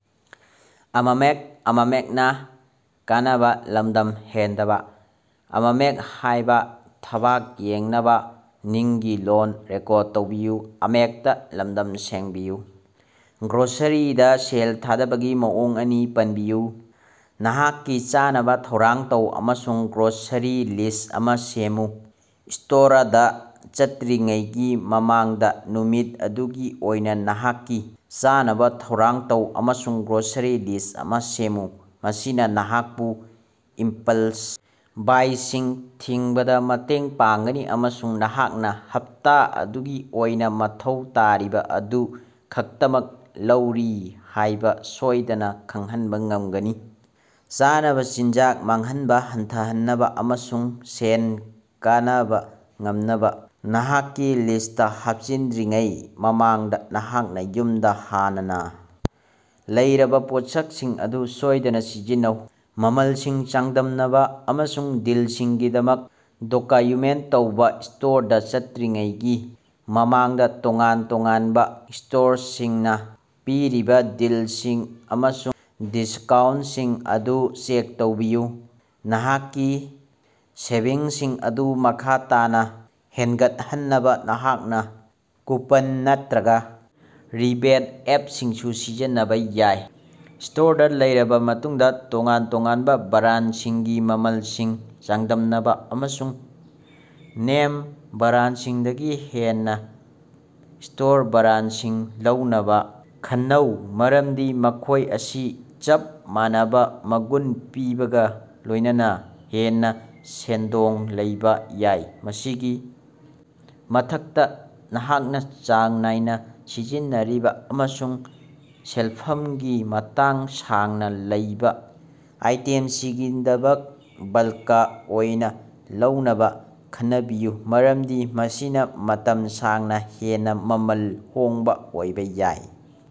ꯒ꯭ꯔꯣꯁꯔꯤꯗ ꯁꯦꯜ ꯊꯥꯗꯕꯒꯤ ꯃꯑꯣꯡ ꯑꯅꯤ ꯄꯟꯕꯤꯌꯨ꯫ ꯅꯍꯥꯛꯀꯤ ꯆꯥꯅꯕ ꯊꯧꯔꯥꯡ ꯇꯧ ꯑꯃꯁꯨꯡ ꯒ꯭ꯔꯣꯁꯔꯤ ꯂꯤꯁ ꯑꯃ ꯁꯦꯝꯃꯨ ꯁꯇꯣꯔꯗ ꯆꯠꯇꯔꯤꯉꯩꯒꯤ ꯃꯃꯥꯡꯗ ꯅꯨꯃꯤꯠ ꯑꯗꯨꯒꯤ ꯑꯣꯏꯅ ꯅꯍꯥꯛꯀꯤ ꯆꯥꯅꯕ ꯊꯧꯔꯥꯡ ꯇꯧ ꯑꯃꯁꯨꯡ ꯒ꯭ꯔꯣꯁꯔꯤ ꯂꯤꯁ ꯑꯃ ꯁꯦꯝꯃꯨ꯫ ꯃꯁꯤꯅ ꯅꯍꯥꯛꯄꯨ ꯏꯝꯄꯜꯁ ꯕꯥꯏꯁꯤꯡ ꯊꯤꯡꯕꯗ ꯃꯇꯦꯡ ꯄꯥꯡꯒꯅꯤ ꯑꯃꯁꯨꯡ ꯅꯍꯥꯛꯅ ꯍꯞꯇꯥ ꯑꯗꯨꯒꯤ ꯑꯣꯏꯅ ꯃꯊꯧ ꯇꯥꯔꯤꯕ ꯑꯗꯨ ꯈꯛꯇꯃꯛ ꯂꯧꯔꯤ ꯍꯥꯏꯕ ꯁꯣꯏꯗꯅ ꯈꯪꯍꯟꯕ ꯉꯝꯒꯅꯤ꯫ ꯆꯥꯅꯕ ꯆꯤꯟꯖꯥꯛ ꯃꯥꯡꯍꯟꯕ ꯍꯟꯊꯍꯟꯅꯕ ꯑꯃꯁꯨꯡ ꯁꯦꯟ ꯀꯅꯕ ꯉꯝꯅꯕ ꯅꯍꯥꯛꯀꯤ ꯂꯤꯁꯇꯥ ꯍꯥꯞꯆꯤꯟꯗ꯭ꯔꯤꯉꯩ ꯃꯃꯥꯡꯗ ꯅꯍꯥꯛꯅ ꯌꯨꯝꯗ ꯍꯥꯟꯅꯅ ꯂꯩꯔꯕ ꯄꯣꯠꯁꯛꯁꯤꯡ ꯑꯗꯨ ꯁꯣꯏꯗꯅ ꯁꯤꯖꯤꯟꯅꯧ꯫ ꯃꯃꯜꯁꯤꯡ ꯆꯥꯡꯗꯝꯅꯕ ꯑꯃꯁꯨꯡ ꯗꯤꯜꯁꯤꯡꯒꯤꯗꯃꯛ ꯗꯣꯀꯌꯨꯃꯦꯟ ꯇꯧꯕ ꯁꯇꯣꯔꯗ ꯆꯠꯇꯔꯤꯉꯩꯒꯤ ꯃꯃꯥꯡꯗ ꯇꯣꯉꯥꯟ ꯇꯣꯉꯥꯟꯕ ꯁꯇꯣꯔꯁꯤꯡꯅ ꯄꯤꯔꯤꯕ ꯗꯤꯜꯁꯤꯡ ꯑꯃꯁꯨꯡ ꯗꯤꯁꯀꯥꯎꯟꯁꯤꯡ ꯑꯗꯨ ꯆꯦꯛ ꯇꯧꯕꯤꯌꯨ꯫ ꯅꯍꯥꯛꯀꯤ ꯁꯦꯚꯤꯡꯁꯤꯡ ꯑꯗꯨ ꯃꯈꯥ ꯇꯥꯅ ꯍꯦꯟꯒꯠꯍꯟꯅꯕ ꯅꯍꯥꯛꯅ ꯀꯨꯄꯟ ꯅꯠꯇ꯭ꯔꯒ ꯔꯤꯕꯦꯠ ꯑꯦꯞꯁꯤꯡꯁꯨ ꯁꯤꯖꯤꯟꯅꯕ ꯌꯥꯏ꯫ ꯁꯇꯣꯔꯗ ꯂꯩꯔꯕ ꯃꯇꯨꯡꯗ ꯇꯣꯉꯥꯟ ꯇꯣꯉꯥꯟꯕ ꯕꯔꯥꯟꯁꯤꯡꯒꯤ ꯃꯃꯜꯁꯤꯡ ꯆꯥꯡꯗꯝꯅꯕ ꯑꯃꯁꯨꯡ ꯅꯦꯝ ꯕꯔꯥꯟꯁꯤꯡꯗꯒꯤ ꯍꯦꯟꯅ ꯁꯇꯣꯔ ꯕꯔꯥꯟꯁꯤꯡ ꯂꯧꯅꯕ ꯈꯟꯅꯧ ꯃꯔꯝꯗꯤ ꯃꯈꯣꯏ ꯑꯁꯤ ꯆꯞ ꯃꯥꯟꯅꯕ ꯃꯒꯨꯟ ꯄꯤꯕꯒ ꯂꯣꯏꯅꯅ ꯍꯦꯟꯅ ꯁꯦꯟꯗꯣꯡ ꯂꯩꯕ ꯌꯥꯏ꯫ ꯃꯁꯤꯒꯤ ꯃꯊꯛꯇ ꯅꯍꯥꯛꯅ ꯆꯥꯡ ꯅꯥꯏꯅ ꯁꯤꯖꯤꯟꯅꯔꯤꯕ ꯑꯃꯁꯨꯡ ꯁꯦꯜꯐꯝꯒꯤ ꯃꯇꯝ ꯁꯥꯡꯅ ꯂꯩꯕ ꯑꯥꯏꯇꯦꯝꯁꯤꯡꯒꯤꯗꯃꯛ ꯕꯜꯀ ꯑꯣꯏꯅ ꯂꯧꯅꯕ ꯈꯟꯅꯕꯤꯌꯨ ꯃꯔꯝꯗꯤ ꯃꯁꯤꯅ ꯃꯇꯝ ꯁꯥꯡꯅ ꯍꯦꯟꯅ ꯃꯃꯜ ꯍꯣꯡꯕ ꯑꯣꯏꯕ ꯌꯥꯏ꯫